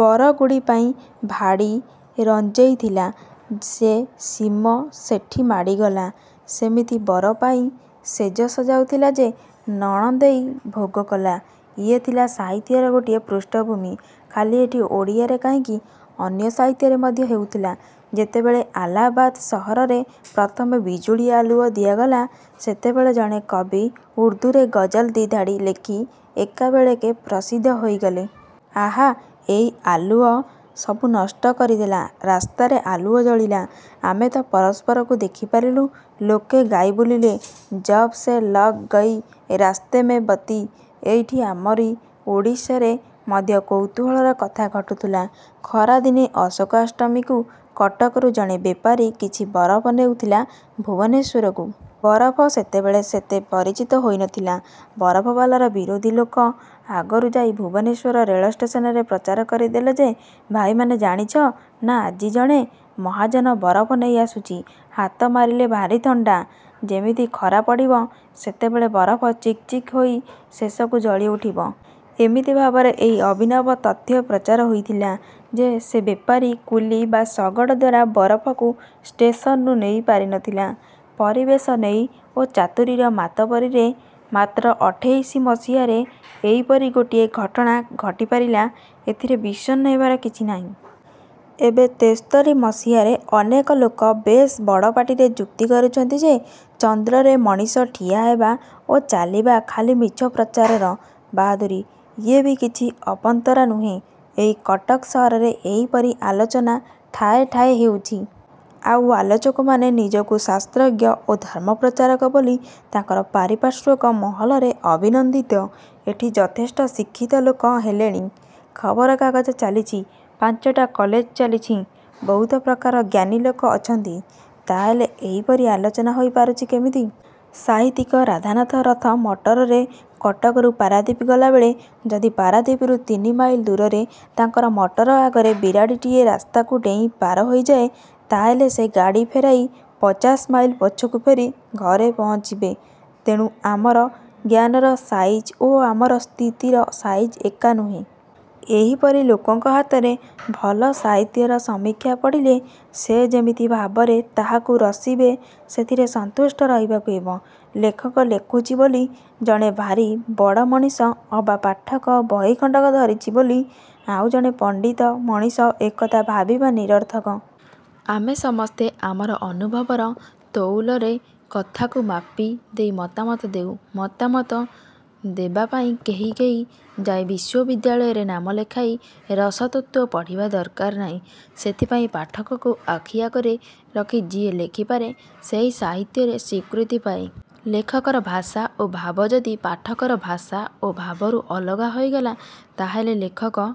ବରଗୁଡ଼ି ପାଇଁ ଭାଡ଼ି ରଞ୍ଜେଇଥିଲା ଯେ ସୀମ ସେଠି ମାଡ଼ିଗଲା। ସେମିତି ବରପାଇଁ ଶେଜ ସଜାଉଥିଲା ଯେ ନଣନ୍ଦେଇ ଭୋଗ କଲା। ଇଏ ଥିଲା ସାହିତ୍ୟର ଗୋଟିଏ ପୃଷ୍ଠଭୂମି। ଖାଲି ଏଠି ଓଡ଼ିଆରେ କାହିଁକି ଅନ୍ୟ ସାହିତ୍ୟରେ ମଧ୍ୟ ହେଉଥିଲା ଯେତେବେଳେ ଆଲାହାବାଦ ସହରରେ ପ୍ରଥମେ ବିଜୁଳି ଆଲୁଅ ଦିଆଗଲା ସେତେବେଳେ ଜଣେ କବି ଉର୍ଦ୍ଦୁରେ ଗଜଲ୍ ଦି'ଧାଡ଼ି ଲେଖି ଏକାବେଳେକେ ପ୍ରସିଦ୍ଧ ହୋଇଗଲେ। ଆହା, ଏଇ ଆଲୁଅ ସବୁ ନଷ୍ଟ କରିଦେଲା। ରାସ୍ତାରେ ଆଲୁଅ ଜଳିଲା। ଆମେ ତ ପରସ୍ପରକୁ ଦେଖି ପାରିଲୁ। ଲୋକେ ଗାଇ ବୁଲିଲେ। -ଯବ୍ ସେ ଲଗ୍ ଗୟୀ ରାସ୍ତେ ମେ ବତୀ ଏଇଠି ଆମରି ଓଡ଼ିଶାରେ ମଧ୍ୟ କୌତୁହଳର କଥା ଘଟୁଥିଲା। ଖରାଦିନେ ଅଶୋକାଷ୍ଟମୀକୁ କଟକରୁ ଜଣେ ବେପାରି କିଛି ବରଫ ନେଉଥିଲା ଭୁବନେଶ୍ୱରକୁ। ବରଫ ସେତେବେଳେ ସେତେ ପରିଚିତ ହୋଇ ନ ଥିଲା। ବରଫବାଲାର ବିରୋଧି ଲୋକ ଆଗରୁ ଯାଇ ଭୁବନେଶ୍ୱର ରେଳଷ୍ଟେସନରେ ପ୍ରଚାର କରି ଦେଲା ଯେ-ଭାଇମାନେ ଜାଣିଛ ନା ଆଜି ଜଣେ ମହାଜନ ବରଫ୍ ନେଇ ଆସୁଛି। ହାତ ମାରିଲେ ଭାରି ଥଣ୍ତା। ଯେମିତି ଖରା ପଡ଼ିବ ସେତେବେଳେ ବରଫ ଚିକ୍ ଚିକ୍ ହୋଇ ଶେଷକୁ ଜଳି ଉଠିବ। ଏମିତି ଭାବରେ ଏହି ଅଭିନବ ତଥ୍ୟ ପ୍ରଚାର ହୋଇଥିଲା ଯେ ସେ ବେପାରୀ କୁଲି ବା ଶଗଡ଼ ଦ୍ୱାରା ବରଫକୁ ଷ୍ଟେସନରୁ ନେଇ ପାରି ନଥିଲା। ପରିବେଶ ନେଇ ଓ ଚାତୁରୀର ମାତବରୀରେ ମାତ୍ର ଅଠେଇଶି ମସିହାରେ ଏଇପରି ଗୋଟିଏ ଘଟଣା ଘଟିପାରିଲା। ଏଥିରେ ବିଷର୍ଣ୍ଣ ହେବାର କିଛି ନାହିଁ। ଏବେ ତେସ୍ତରୀ ମସିହାରେ ଅନେକ ଲୋକ ବେଶ୍ ବଡ଼ ପାଟିରେ ଯୁକ୍ତି କରୁଛନ୍ତି ଯେ ଚନ୍ଦ୍ରରେ ମଣିଷ ଠିଆ ହେବା ଓ ଚାଲିବା ଖାଲି ମିଛ ପ୍ରଚାରର ବାହାଦୁରୀ। ଇଏ ବି କିଛି ଅପନ୍ତରା ନୁହେଁ। ଏହି କଟକ ସହରରେ ଏହିପରି ଆଲୋଚନା ଠାଏ ଠାଏ ହେଉଛି। ଆଉ ଆଲୋଚକମାନେ ନିଜକୁ ଶାସ୍ତ୍ରଜ୍ଞ ଓ ଧର୍ମପ୍ରଚାରକ ବୋଲି ତାଙ୍କର ପାରିପାର୍ଶ୍ୱିକ ମହଲରେ ଅଭିନନ୍ଦିତ। ଏଠି ଯଥେଷ୍ଟ ଶିକ୍ଷିତ ଲୋକ ହେଲେଣି। ଖବର କାଗଜ ଚାଲିଛି। ପାଞ୍ଚଟା କଲେଜ ଚାଲିଛି। ବହୁତ ପ୍ରକାରର ଜ୍ଞାନୀ ଲୋକ ଅଛନ୍ତି। ତାହାହେଲେ ଏହିପରି ଆଲୋଚନା ହୋଇ ପାରୁଛି କେମିତି? ସାହିତ୍ୟିକ ରାଧାନାଥ ରଥ ମଟରରେ କଟକରୁ ପାରାଦୀପ ଗଲାବେଳେ ଯଦି ପାରାଦୀପରୁ ତିନି ମାଇଲ ଦୂରରେ ତାଙ୍କର ମଟର ଆଗରେ ବିରାଡ଼ିଟିଏ ରାସ୍ତାକୁ ଡେଇଁ ପାର ହୋଇଯାଏ ତାହାହେଲେ ସେ ଗାଡ଼ି ଫେରାଇ ପଚାଶ ମାଇଲ ପଛକୁ ଫେରି ଘରେ ପହୁଞ୍ଚିବେ। ତେଣୁ ଆମର ଜ୍ଞାନର ସାଇଜ ଓ ଆମର ସ୍ଥିତିର ସାଇଜ ଏକା ନୁହେଁ। ଏହିପରି ଲୋକଙ୍କ ହାତରେ ଭଲ ସାହିତ୍ୟର ସମୀକ୍ଷା ପଡ଼ିଲେ ସେ ଯେମିତି ଭାବରେ ତାହାକୁ ରସିବେ ସେଥିରେ ସନ୍ତୁଷ୍ଟ ରହିବାକୁ ହେବ। ଲେଖକ ଲେଖୁଛି ବୋଲି ଜଣେ ଭାରି ବଡ଼ ମଣିଷ ଅବା ପାଠକ ବହିଖଣ୍ତିକ ଧରିଛି ବୋଲି ଆଉ ଜଣେ ପଣ୍ତିତ ମଣିଷ-ଏକଥା ଭାବିବା ନିରର୍ଥକ। ଆମେ ସମସ୍ତେ ଆମର ଅନୁଭବର ତଉଲରେ କଥାକୁ ମାପି ଦେଇ ମତାମତ ଦେଉ। ମତାମତ ଦେବା ପାଇଁ କେହି ଯାଇ ବିଶ୍ୱବିଦ୍ୟାଳୟରେ ନାମ ଲେଖାଇ ରସ-ତତ୍ତ୍ୱ ପଢ଼ିବା ଦରକାର ନାହିଁ। ସେଥିପାଇଁ ପାଠକକୁ ଆଖି ଆଗରେ ରଖି ଯିଏ ଲେଖିପାରେ ସେହି ସାହିତ୍ୟରେ ସ୍ୱୀକୃତି ପାଏ। ଲେଖକର ଭାଷା ଓ ଭାବ ଯଦି। ପାଠକର ଭାଷା ଓ ଭାବରୁ ଅଲଗା ହୋଇଗଲା ତାହାହେଲେ ଲେଖକ